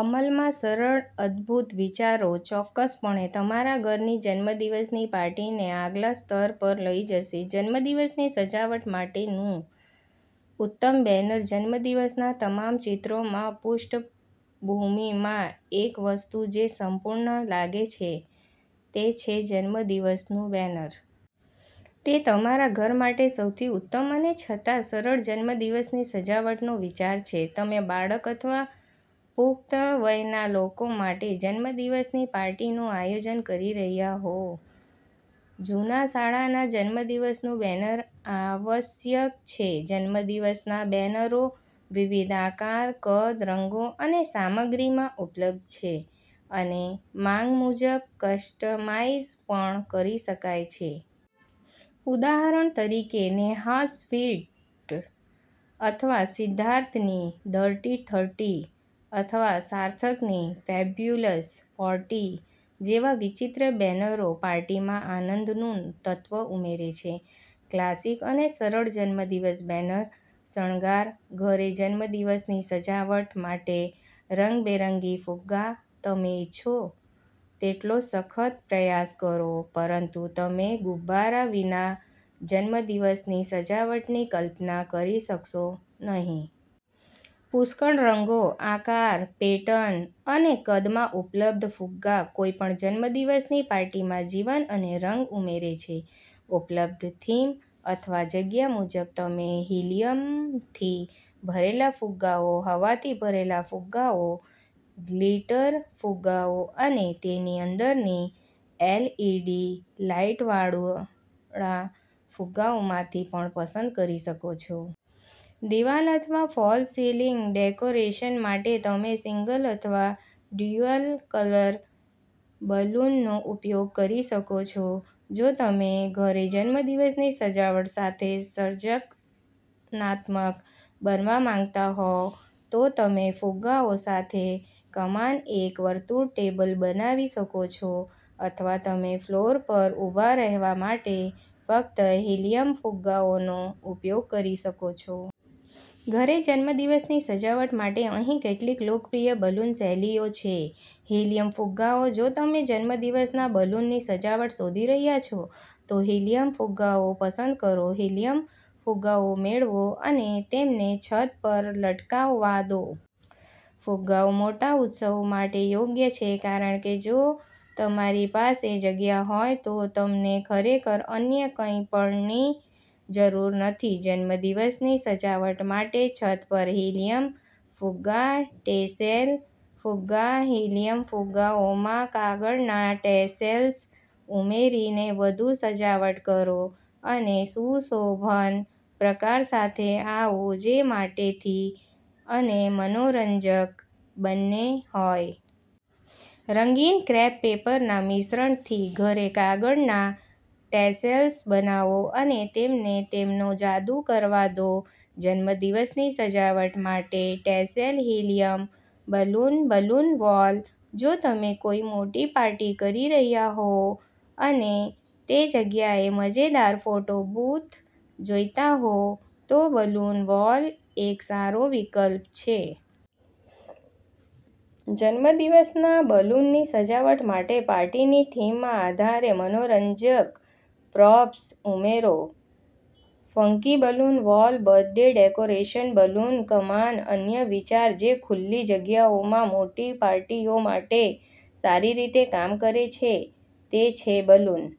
અમલમાં સરળ, અદ્ભુત વિચારો ચોક્કસપણે તમારા ઘરની જન્મદિવસની પાર્ટીને આગલા સ્તર પર લઈ જશે. જન્મદિવસની સજાવટ માટેનું ઉત્તમ બેનર. જન્મદિવસના તમામ ચિત્રોમાં પૃષ્ઠભૂમિમાં એક વસ્તુ જે સંપૂર્ણ લાગે છે તે છે જન્મદિવસનું બેનર. તે તમારા ઘર માટે સૌથી ઉત્તમ અને છતાં સરળ જન્મદિવસની સજાવટનો વિચાર છે. તમે બાળક અથવા પુખ્ત વયના લોકો માટે જન્મદિવસની પાર્ટીનું આયોજન કરી રહ્યાં હોવ, જૂના શાળાના જન્મદિવસનું બેનર આવશ્યક છે. જન્મદિવસના બેનરો વિવિધ આકાર, કદ, રંગો અને સામગ્રીમાં ઉપલબ્ધ છે અને માંગ મુજબ કસ્ટમાઇઝ પણ કરી શકાય છે. ઉદાહરણ તરીકે, 'નેહાઝ સ્વીટ' અથવા 'સિદ્ધાર્થની ડર્ટી થર્ટી' અથવા 'સાર્થકની ફેબ્યુલસ ફોર્ટી' જેવા વિચિત્ર બેનરો પાર્ટીમાં આનંદનું તત્વ ઉમેરે છે. ક્લાસિક અને સરળ 'જન્મદિવસ બેનર' શણગાર. ઘરે જન્મદિવસની સજાવટ માટે રંગબેરંગી ફુગ્ગા. તમે ઇચ્છો તેટલો સખત પ્રયાસ કરો, પરંતુ તમે ગુબ્બારા વિના જન્મદિવસની સજાવટની કલ્પના કરી શકશો નહીં. પુષ્કળ રંગો, આકાર, પેટર્ન અને કદમાં ઉપલબ્ધ, ફુગ્ગા કોઈપણ જન્મદિવસની પાર્ટીમાં જીવન અને રંગ ઉમેરે છે. ઉપલબ્ધ થીમ અથવા જગ્યા મુજબ, તમે હિલીયમથી ભરેલા ફુગ્ગાઓ, હવાથી ભરેલા ફુગ્ગાઓ, ગ્લિટર ફુગ્ગાઓ અને તેની અંદરની એલઇડી લાઇટવાળા ફુગ્ગાઓમાંથી પણ પસંદ કરી શકો છો. દિવાલ અથવા ફોલ્સ સીલિંગ ડેકોરેશન માટે, તમે સિંગલ અથવા ડ્યુઅલ કલર બલૂનનો ઉપયોગ કરી શકો છો. જો તમે ઘરે જન્મદિવસની સજાવટ સાથે સર્જનાત્મક બનવા માંગતા હો, તો તમે ફુગ્ગાઓ સાથે કમાન, એક વર્તુળ, ટેબલ બનાવી શકો છો અથવા તમે ફ્લોર પર ઊભા રહેવા માટે ફક્ત હિલીયમ ફુગ્ગાઓનો ઉપયોગ કરી શકો છો. ઘરે જન્મદિવસની સજાવટ માટે અહીં કેટલીક લોકપ્રિય બલૂન શૈલીઓ છે. હિલીયમ ફુગ્ગાઓ. જો તમે જન્મદિવસના બલૂનની સજાવટ શોધી રહ્યા છો, તો હિલીયમ ફુગ્ગાઓ પસંદ કરો. હિલીયમ ફુગ્ગાઓ મેળવો અને તેમને છત પર લટકાવવા દો. ફુગ્ગાઓ મોટા ઉત્સવો માટે યોગ્ય છે કારણ કે જો તમારી પાસે જગ્યા હોય તો તમને ખરેખર અન્ય કંઈપણની જરૂર નથી. જન્મદિવસની સજાવટ માટે છત પર હિલીયમ ફુગ્ગા. ટેસેલ ફુગ્ગા. હિલીયમ ફુગ્ગાઓમાં કાગળના ટેસેલ્સ ઉમેરીને વધુ સજાવટ કરો અને સુશોભન પ્રકાર સાથે આવો જે મોટેથી અને મનોરંજક બંને હોય. રંગીન ક્રેપ પેપરના મિશ્રણથી ઘરે કાગળના ટેસેલ્સ બનાવો અને તેમને તેમનો જાદુ કરવા દો. જન્મદિવસની સજાવટ માટે tassel helium balloon. Balloon wall. જો તમે કોઈ મોટી પાર્ટી કરી રહ્યા હોવ અને તે જગ્યાએ મજેદાર ફોટો બૂથ જોઈતા હો, તો બલૂન વોલ એક સારો વિકલ્પ છે. જન્મદિવસના બલૂનની સજાવટ માટે પાર્ટીની થીમના આધારે મનોરંજક પ્રોપ્સ ઉમેરો. Funky balloon wall birthday decoration. Balloon કમાન. અન્ય વિચાર જે ખુલ્લી જગ્યાઓમાં મોટી પાર્ટીઓ માટે સારી રીતે કામ કરે છે તે છે બલૂન